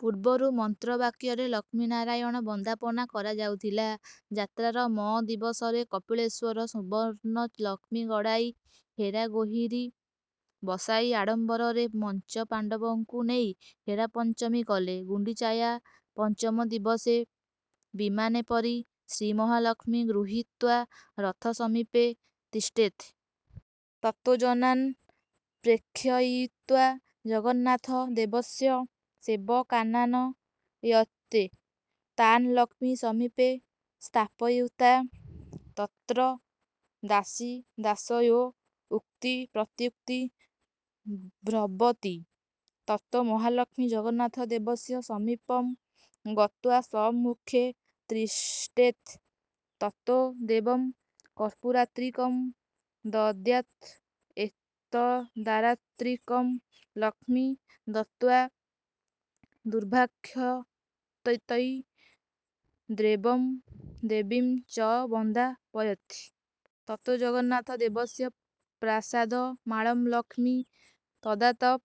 ପୂର୍ବରୁ ମନ୍ତ୍ର ବାକ୍ୟରେ ଲକ୍ଷ୍ମୀ ନାରୟଣ ବନ୍ଦାପନା କରାଯାଉଥିଲା। ଯାତ୍ରାର ମ ଦିବସରେ କପିଳେଶ୍ୱର ସୁବର୍ଣ୍ଣ ଲକ୍ଷ୍ମୀ ଗଡା଼ଇ ହେରା ଗୋହିରୀ ବସାଇ ଆଡ଼ମ୍ବରରେ ପଞ୍ଚ ପାଣ୍ଡବଙ୍କୁ ନେଇ ହେରା ପଞ୍ଚମୀ କଲେ। ଗୁଣ୍ଡିଚାୟା ପଞ୍ଚମ ଦିବସେ ବିମାନେପରି ଶ୍ରୀମହାଲକ୍ଷ୍ମୀ ଗୃହୀତ୍ୱା ରଥ ସମୀପେ ତିଷ୍ଠେତ୍। ତତୋ ଜନାନ୍ ପ୍ରେକ୍ଷୟିତ୍ୱା ଜଗନ୍ନାଥ ଦେବସ୍ୟ ସେବକାନାନ ୟେତ୍। ତାନ୍ ଲକ୍ଷ୍ମୀ ସମୀପେ ସ୍ଥାପୟିତ୍ୱା ତତ୍ର ଦାସୀଦାସୟୋ ଉକ୍ତି ପ୍ରତ୍ୟୁକ୍ତି ର୍ଭବତି। ତତୋ ମହାଲକ୍ଷ୍ମୀ ଜଗନ୍ନାଥ ଦେବସ୍ୟ ସମୀପଂ ଗତ୍ୱା ସଂମୁଖେ ତିଷ୍ଠେତ୍। ତତୋ ଦେବଂ କର୍ପୂରାତ୍ରିକଂ ଦଦ୍ୟାତ୍। ଏତଦାରାତ୍ରିକଂ ଲକ୍ଷ୍ମୀ ଦତ୍ୱା ଦୁର୍ବାକ୍ଷତୈ ର୍ଦେବଂ ଦେବୀଂ ଚ ବନ୍ଦାପୟେତ୍। ତତୋ ଜଗନ୍ନାଥ ଦେବସ୍ୟ ପ୍ରାସାଦ ମାଳଂ ଲକ୍ଷ୍ମୀ ଦଧ୍ୟାତ୍।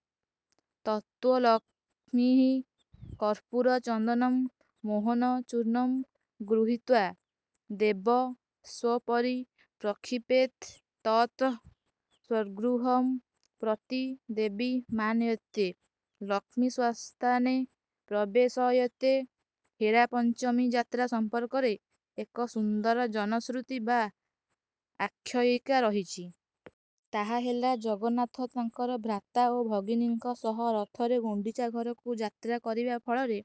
ତତୋ ଲକ୍ଷ୍ମୀଃ କର୍ପୂର, ଚନ୍ଦନଂ ମୋହନ ଚୂର୍ଣ୍ଣଂ ଗୃହୀତ୍ୱା ଦେବସୋପରି ପ୍ରକ୍ଷିପେତ୍। ତତଃ ସ୍ୱଗୃହଂ ପ୍ରତି ଦେବୀ ମାନୟେତ୍। ଲକ୍ଷ୍ମୀ ସ୍ୱସ୍ଥାନେ ପ୍ରବେଶୟେତ୍। ହେରା ପଞ୍ଚମୀ ଯାତ୍ରା ସମ୍ପର୍କରେ ଏକ ସୁନ୍ଦର ଜନଶୃତି ବା ଆଖ୍ୟୟିକା ରହିଛି। ତାହା ହେଲା, ଜଗନ୍ନାଥ ତାଙ୍କର ଭ୍ରାତା ଓ ଭଗିନୀଙ୍କ ସହ ରଥରେ ଗୁଣ୍ଡିଚା ଘରକୁ ଯାତ୍ରା କରିବା ଫଳରେ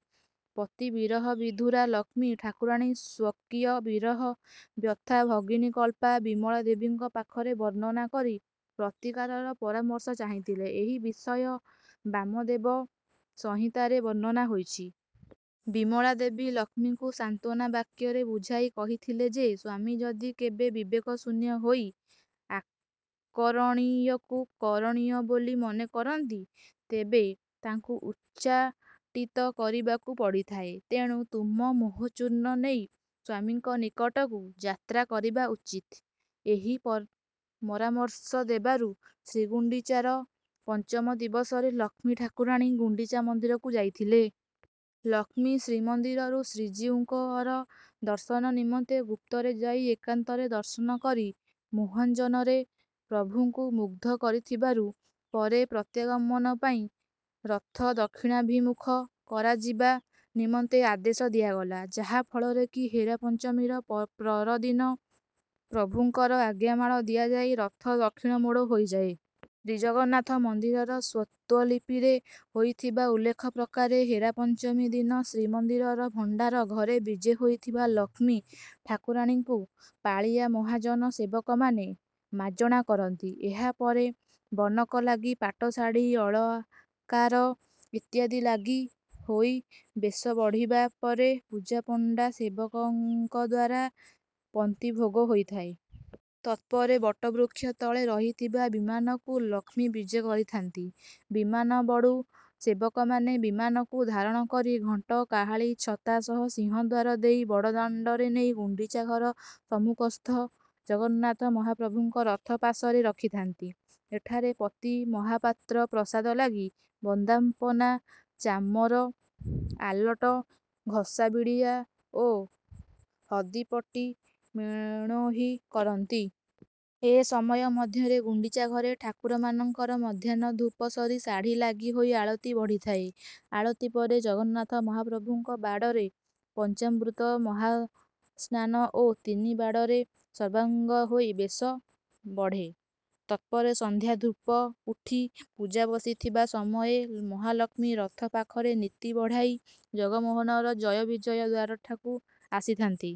ପତି ବିରହ ବିଧୁରା ଲକ୍ଷ୍ମୀ ଠାକୁରାଣୀ ସ୍ୱକୀୟ ବିରହ ବ୍ୟଥା ଭଗିନୀକଳ୍ପା ବିମଳାଦେବୀଙ୍କ ପାଖରେ ବର୍ଣ୍ଣନା କରି ପ୍ରତିକାରର ପରାମର୍ଶ ଚାହିଁଥିଲେ। ଏହି ବିଷୟ ବାମଦେବ ସଂହିତାରେ ବର୍ଣ୍ଣନା ହୋଇଛି। ବିମଳାଦେବୀ ଲକ୍ଷ୍ମୀଙ୍କୁ ସାନ୍ତ୍ୱାନା ବାକ୍ୟରେ ବୁଝାଇ କହିଥିଲେ ଯେ, ସ୍ୱାମୀ ଯଦି କେବେ ବିବେକ ଶୂନ୍ୟ ହୋଇ ଅକରଣୀୟକୁ କରଣୀୟ ବୋଲି ମନେ କରନ୍ତି, ତେବେ ତାଙ୍କୁ ଉଚ୍ଚାଟିତ କରିବାକୁ ପଡିଥାଏ। ତେଣୁ ତୁମ ମୋହଚୂର୍ଣ୍ଣ ନେଇ ସ୍ୱାମୀଙ୍କ ନିକଟକୁ ଯାତ୍ରା କରିବା ଉଚିତ୍। ଏହି ମରାମର୍ଶ ଦେବାରୁ ଶ୍ରୀଗୁଣ୍ଡିଚାର ପଞ୍ଚମ ଦିବସରେ ଲକ୍ଷ୍ମୀ ଠାକୁରାଣୀ ଗୁଣ୍ଡିଚା ମନ୍ଦିରକୁ ଯାଇଥିଲେ। ଲକ୍ଷ୍ମୀ ଶ୍ରୀମନ୍ଦିରରୁ ଶ୍ରୀଜୀଉଙ୍କର ଦର୍ଶନ ନିମନ୍ତେ ଗୁପ୍ତରେ ଯାଇ ଏକାନ୍ତରେ ଦର୍ଶନ କରି ମୋହାଞ୍ଜନରେ ପ୍ରଭୁଙ୍କୁ ମୁଗ୍ଧ କରିଥିବାରୁ ପରେ ପ୍ରତ୍ୟାଗମନ ପାଇଁ ରଥ ଦକ୍ଷିଣାଭିମୁଖ କରାଯିବା ନିମନ୍ତେ ଆଦେଶ ଦିଆଗଲା। ଯାହା ଫଳରେ କି ହେରା ପଞ୍ଚମୀର ପ୍ରରଦିନ ପ୍ରଭୁଙ୍କର ଆଜ୍ଞାମାଳ ଦିଆଯାଇ ରଥ ଦକ୍ଷିଣମୋଡ଼ ହୋଇଥାଏ। ଶ୍ରୀଜଗନ୍ନାଥ ମନ୍ଦିରର ସ୍ୱତ୍ତ୍ୱଲିପିରେ ହୋଇଥିବା ଉଲ୍ଲେଖ ପ୍ରକାରେ ହେରା ପଞ୍ଚମୀ ଦିନ ଶ୍ରୀମନ୍ଦିରର ଭଣ୍ଡାର ଘରେ ବିଜେ ହୋଇଥିବା ଲକ୍ଷ୍ମୀ ଠାକୁରାଣୀଙ୍କୁ ପାଳିଆ ମହାଜନ ସେବକମାନେ ମାଜଣା କରନ୍ତି। ଏହା ପରେ ବନକ ଲାଗି, ପାଟ ଶାଢ଼ୀ଼, ଅଳାଙ୍କାର ଇତ୍ୟାଦି ଲାଗି ହୋଇ ବେଶ ବଢ଼ିବା ପରେ ପୂଜାପଣ୍ଡା ସେବକଙ୍କଦ୍ୱାରା ପନ୍ତି ଭୋଗ ହୋଇଥାଏ। ତତ୍ପରେ ବଟବୃକ୍ଷ ତଳେ ରହିଥିବା ବିମାନକୁ ଲକ୍ଷ୍ମୀ ବିଜେ କରିଥାନ୍ତି। ବିମାନବଡ଼ୁ ସେବକମାନେ ବିମାନକୁ ଧାରଣ କରି ଘଣ୍ଟ, କାହାଳି, ଛତା ସହ ସିଂହଦ୍ୱାର ଦେଇ ବଡ଼ଦାଣ୍ଡରେ ନେଇ ଗୁଣ୍ଡିଚା ଘର ସମ୍ମୁଖସ୍ଥ ଜଗନ୍ନାଥ ମହାପ୍ରଭୁଙ୍କ ରଥ ପାଶରେ ରଖିଥାନ୍ତି। ଏଠାରେ ପତିମହାପାତ୍ର ପ୍ରସାଦ ଲାଗି, ବନ୍ଦାପନା, ଚାମର ଆଲଟ, ଘସା ବିଡିଆ ଓ ହଦି ପଟି ମଣୋହି କରନ୍ତି। ଏ ସମୟ ମଧ୍ୟରେ ଗୁଣ୍ଡିଚା ଘରେ ଠାକୁରମାନଙ୍କର ମଧ୍ୟାହ୍ନ ଧୂପ ସରି ଶାଢ଼ୀ଼ ଲାଗି ହୋଇ ଆଳତି ବଢ଼ିଥାଏ। ଆଳତି ପରେ ଜଗନ୍ନାଥ ମହାପ୍ରଭୁଙ୍କ ବାଡ଼ରେ ପଞ୍ଚାମୃତ ମହାସ୍ନାନ ଓ ତିନି ବାଡ଼ରେ ସର୍ବାଙ୍ଗ ହୋଇ ବେଶ ବଢେ। ତତ୍ପରେ ସନ୍ଧ୍ୟା ଧୂପ ଉଠି ପୂଜା ବସିଥିବା ସମୟେ ମହାଲକ୍ଷ୍ମୀ ରଥ ପାଖରେ ନୀତି ବଢ଼ାଇ ଜଗମୋହନର ଜୟବିଜୟ ଦ୍ୱାରଠାକୁ ଆସିଥାନ୍ତି।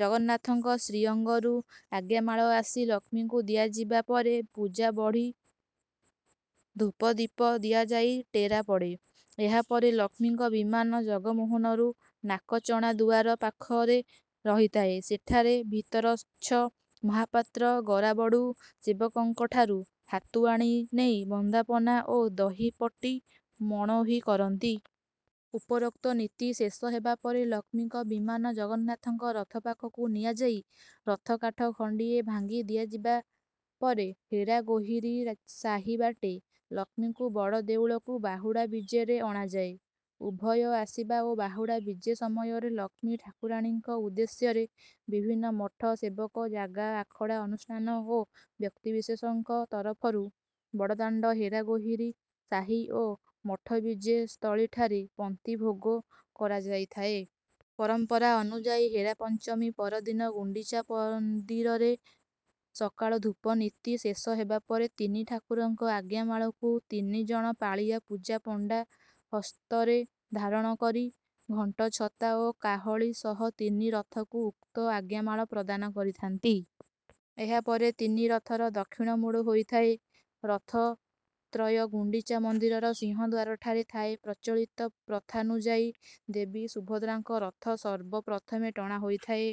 ଜଗନ୍ନାଥଙ୍କ ଶ୍ରୀଅଙ୍ଗରୁ ଆଜ୍ଞାମାଳ ଆସି ଲକ୍ଷ୍ମୀଙ୍କୁ ଦିଆଯିବା ପରେ ପୂଜା ବଢ଼ି ଧୂପ ଦୀପ ଦିଆଯାଇ ଟେରା ପଡେ। ଏହା ପରେ ଲକ୍ଷ୍ମୀଙ୍କ ବିମାନ ଜଗମୋହନରୁ ନାକଚଣା ଦୁଆର ପାଖରେ ରହିଥାଏ। ସେଠାରେ ଭିତରଚ୍ଛ ମହାପାତ୍ର ଗରାବଡ଼ୁ ସେବକଙ୍କଠାରୁ ହାତୁଆଣି ନେଇ ବନ୍ଦାପନା ଓ ଦହି ପଟି ମଣୋହି କରନ୍ତି। ଉପରୋକ୍ତ ନୀତି ଶେଷ ହେବାପରେ ଲକ୍ଷ୍ମୀଙ୍କ ବିମାନ ଜଗନ୍ନାଥଙ୍କ ରଥ ପାଖକୁ ନିଆଯାଇ ରଥ କାଠ ଖଣ୍ଡିଏ ଭାଙ୍ଗି ଦିଆଯିବା ପରେ ହେରା ଗୋହିରୀ ସାହି ବାଟେ ଲକ୍ଷ୍ମୀଙ୍କୁ ବଡ଼ ଦେଉଳକୁ ବାହୁଡା଼ ବିଜେରେ ଅଣାଯାଏ। ଉଭୟ ଆସିବା ଓ ବାହୁଡା଼ ବିଜେ ସମୟରେ ଲକ୍ଷ୍ମୀ ଠାକୁରାଣୀଙ୍କ ଉଦ୍ଦେଶ୍ୟରେ ବିଭିନ୍ନ ମଠ, ସେବକ, ଜାଗା, ଆଖଡା଼ ଅନୁଷ୍ଠାନ ଓ ବ୍ୟକ୍ତିବିଶେଷଙ୍କ ତରଫରୁ ବଡ଼ଦାଣ୍ଡ, ହେରାଗୋହିରୀ ସାହି ଓ ମଠ ବିଜେ ସ୍ଥଳୀଠାରେ ପନ୍ତି ଭୋଗ କରାଯାଇଥାଏ।। ପରମ୍ପରା ଅନୁଯାୟୀ ହେରା ପଞ୍ଚମୀ ପରଦିନ ଗୁଣ୍ଡିଚା ମନ୍ଦିରରେ ସକାଳ ଧୂପ ନୀତି ଶେଷ ହେବା ପରେ ତିନି ଠାକୁରଙ୍କ ଆଜ୍ଞାମାଳକୁ ତିନି ଜଣ ପାଳିଆ ପୂଜା ପଣ୍ଡା ହସ୍ତରେ ଧାରଣ କରି ଘଣ୍ଟ, ଛତା ଓ କାହଳି ସହ ତିନି ରଥକୁ ଉକ୍ତ ଆଜ୍ଞାମାଳ ପ୍ରଦାନ କରିଥାନ୍ତି। ଏହା ପରେ ତିନି ରଥର ଦକ୍ଷିଣ ମୋଡ଼ ହୋଇଥାଏ। ରଥତ୍ରୟ ଗୁଣ୍ଡିଚା ମନ୍ଦିରର ସିଂହଦ୍ୱାରଠାରେ ଥାଏ। ପ୍ରଚଳିତ ପ୍ରଥାନୁଯାୟୀ ଦେବୀ ସୁଭଦ୍ରାଙ୍କ ରଥ ସର୍ବ ପ୍ରଥମେ ଟଣା ହୋଇଥାଏ।